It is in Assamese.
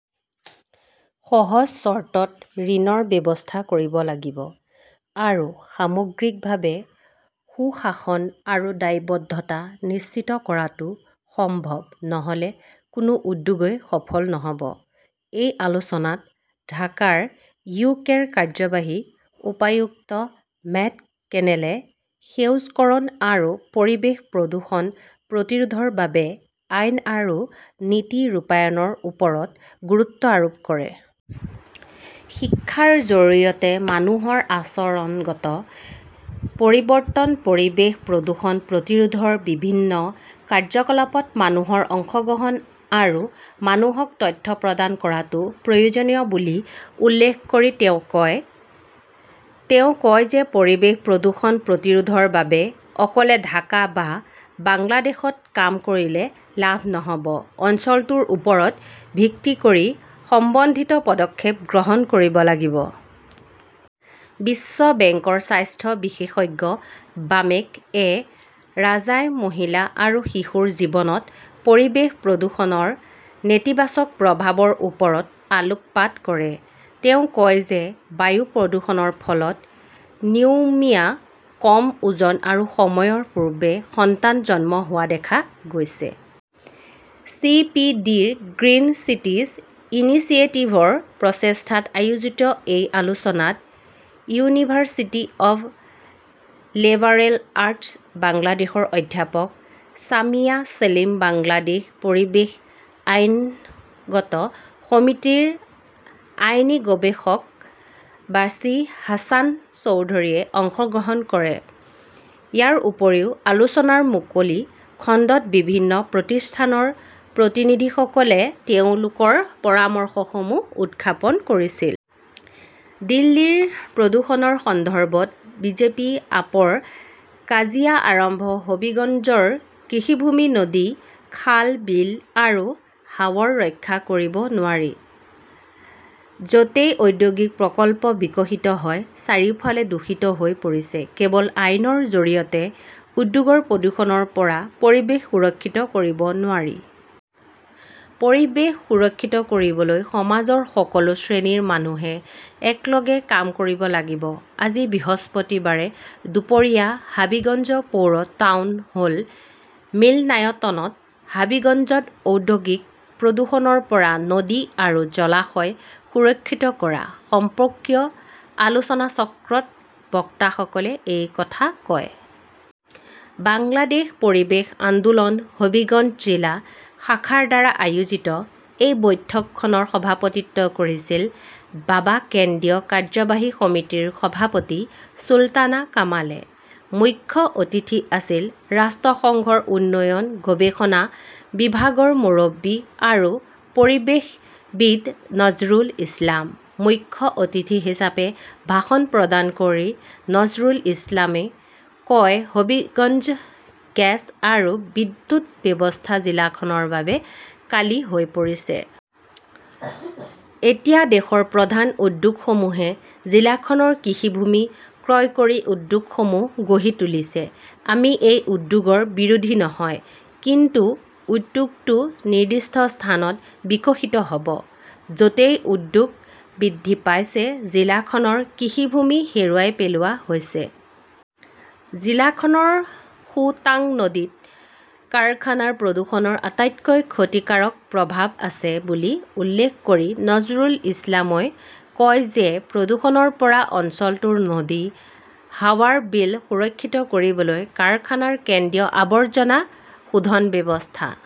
সহজ চৰ্তত ঋণৰ ব্যৱস্থা কৰিব লাগিব। আৰু সামগ্ৰিকভাৱে সুশাসন আৰু দায়বদ্ধতা নিশ্চিত কৰাটো সম্ভৱ নহ "লে কোনো উদ্যোগই সফল নহ" ব। এই আলোচনাত ঢাকাৰ ইউকেৰ কাৰ্যবাহী উচ্চায়ুক্ত মেট কেনেলে সেউজকৰণ আৰু পৰিৱেশ প্ৰদূষণ প্ৰতিৰোধৰ বাবে আইন আৰু নীতি ৰূপায়ণৰ ওপৰত গুৰুত্ব আৰোপ কৰে। শিক্ষাৰ জৰিয়তে মানুহৰ আচৰণগত পৰিৱৰ্তন, পৰিৱেশ প্ৰদূষণ প্ৰতিৰোধৰ বিভিন্ন কাৰ্যকলাপত মানুহৰ অংশগ্ৰহণ আৰু মানুহক তথ্য প্ৰদান কৰাটো প্ৰয়োজনীয় বুলি উল্লেখ কৰি তেওঁ কয়। তেওঁ কয় যে পৰিৱেশ প্ৰদূষণ প্ৰতিৰোধৰ বাবে অকলে ঢাকা বা বাংলাদেশত কাম কৰিলে লাভ নহ "ব, অঞ্চলটোৰ ওপৰত ভিত্তি কৰি সমন্বিত পদক্ষেপ গ্ৰহণ কৰিব লাগিব। বিশ্ব বেংকৰ স্বাস্থ্য বিশেষজ্ঞ ৱামেক এ. ৰাজাই মহিলা আৰু শিশুৰ জীৱনত পৰিৱেশ প্ৰদূষণৰ নেতিবাচক প্ৰভাৱৰ ওপৰত আলোকপাত কৰে। তেওঁ কয় যে বায়ু প্ৰদূষণৰ ফলত নিউমোনিয়া, কম ওজন আৰু সময়ৰ পূৰ্বে সন্তান জন্ম হোৱা দেখা গৈছে। চি. পি. ডি. -ৰ গ্ৰীণ চিটিজ ইনিচিয়েটিভৰ প্ৰচেষ্টাত আয়োজিত এই আলোচনাত ইউনিভাৰ্চিটি অৱ লিবাৰেল আৰ্টছ বাংলাদেশৰ অধ্যাপক ছামিয়া চেলিম, বাংলাদেশ পৰিৱেশ আইনজ্ঞ সমিতিৰ আইনী গৱেষক বাৰ্চী হাছান চৌধুৰীয়ে অংশগ্ৰহণ কৰে। ইয়াৰ উপৰিও, আলোচনাৰ মুকলি খণ্ডত বিভিন্ন প্ৰতিষ্ঠানৰ প্ৰতিনিধিসকলে তেওঁলোকৰ পৰামৰ্শসমূহ উত্থাপন কৰিছিল। দিল্লীৰ প্ৰদূষণৰ সন্দৰ্ভত বিজেপি-আপৰ কাজিয়া আৰম্ভ হবীগঞ্জৰ কৃষিভূমি, নদী, খাল, বিল আৰু হাৱৰ ৰক্ষা কৰিব নোৱাৰি, য 'তেই ঔদ্যোগিক প্ৰকল্প বিকশিত হয়। চাৰিওফাল দূষিত হৈ পৰিছে। কেৱল আইনৰ জৰিয়তে উদ্যোগৰ প্ৰদূষণৰ পৰা পৰিৱেশ সুৰক্ষিত কৰিব নোৱাৰি। পৰিৱেশ সুৰক্ষিত কৰিবলৈ সমাজৰ সকলো শ্ৰেণীৰ মানুহে একেলগে কাম কৰিব লাগিব। আজি বৃহস্পতিবাৰে দুপৰীয়া হাবিগঞ্জ পৌৰ টাউন হল মিলনায়তনত 'হাবিগঞ্জত ঔদ্যোগিক প্ৰদূষণৰ পৰা নদী আৰু জলাশয় সুৰক্ষিত কৰা "সম্পৰ্কীয় আলোচনাচক্ৰত বক্তাসকলে এই কথা কয়। বাংলাদেশ পৰিৱেশ আন্দোলন হবিগঞ্জ জিলা শাখাৰ দ্বাৰা আয়োজিত এই বৈঠকখনৰ সভাপতিত্ব কৰিছিল বাবা কেন্দ্ৰীয় কাৰ্যবাহী সমিতিৰ সভাপতি চুলতানা কামালে। মুখ্য অতিথি আছিল ৰাষ্ট্ৰসংঘৰ উন্নয়ন গৱেষণা বিভাগৰ মুৰব্বী আৰু পৰিৱেশবিদ নজৰুল ইছলাম। মুখ্য অতিথি হিচাপে ভাষণ প্ৰদান কৰি নজৰুল ইছলামই কয়, "হবিগঞ্জৰ গেছ আৰু বিদ্যুৎ ব্যৱস্থা জিলাখনৰ বাবে কালি হৈ পৰিছে। এতিয়া দেশৰ প্ৰধান উদ্যোগসমূহে জিলাখনৰ কৃষিভূমি ক্ৰয় কৰি উদ্যোগসমূহ গঢ়ি তুলিছে। আমি এই উদ্যোগৰ বিৰোধী নহয়, কিন্তু উদ্যোগটো নিৰ্দিষ্ট স্থানত বিকশিত হ 'ব। য 'তেই উদ্যোগ বৃদ্ধি পাইছে, জিলাখনৰ কৃষিভূমি হেৰুৱাই পেলোৱা হৈছে। "জিলাখনৰ সুতাং নদীত কাৰখানাৰ প্ৰদূষণৰ আটাইতকৈ ক্ষতিকাৰক প্ৰভাৱ আছে বুলি উল্লেখ কৰি নজৰুল ইছলামই কয় যে প্ৰদূষণৰ পৰা অঞ্চলটোৰ নদী, হাৱাৰ, বিল সুৰক্ষিত কৰিবলৈ কাৰখানাৰ কেন্দ্ৰীয় আৱৰ্জনা শোধন ব্যৱস্থা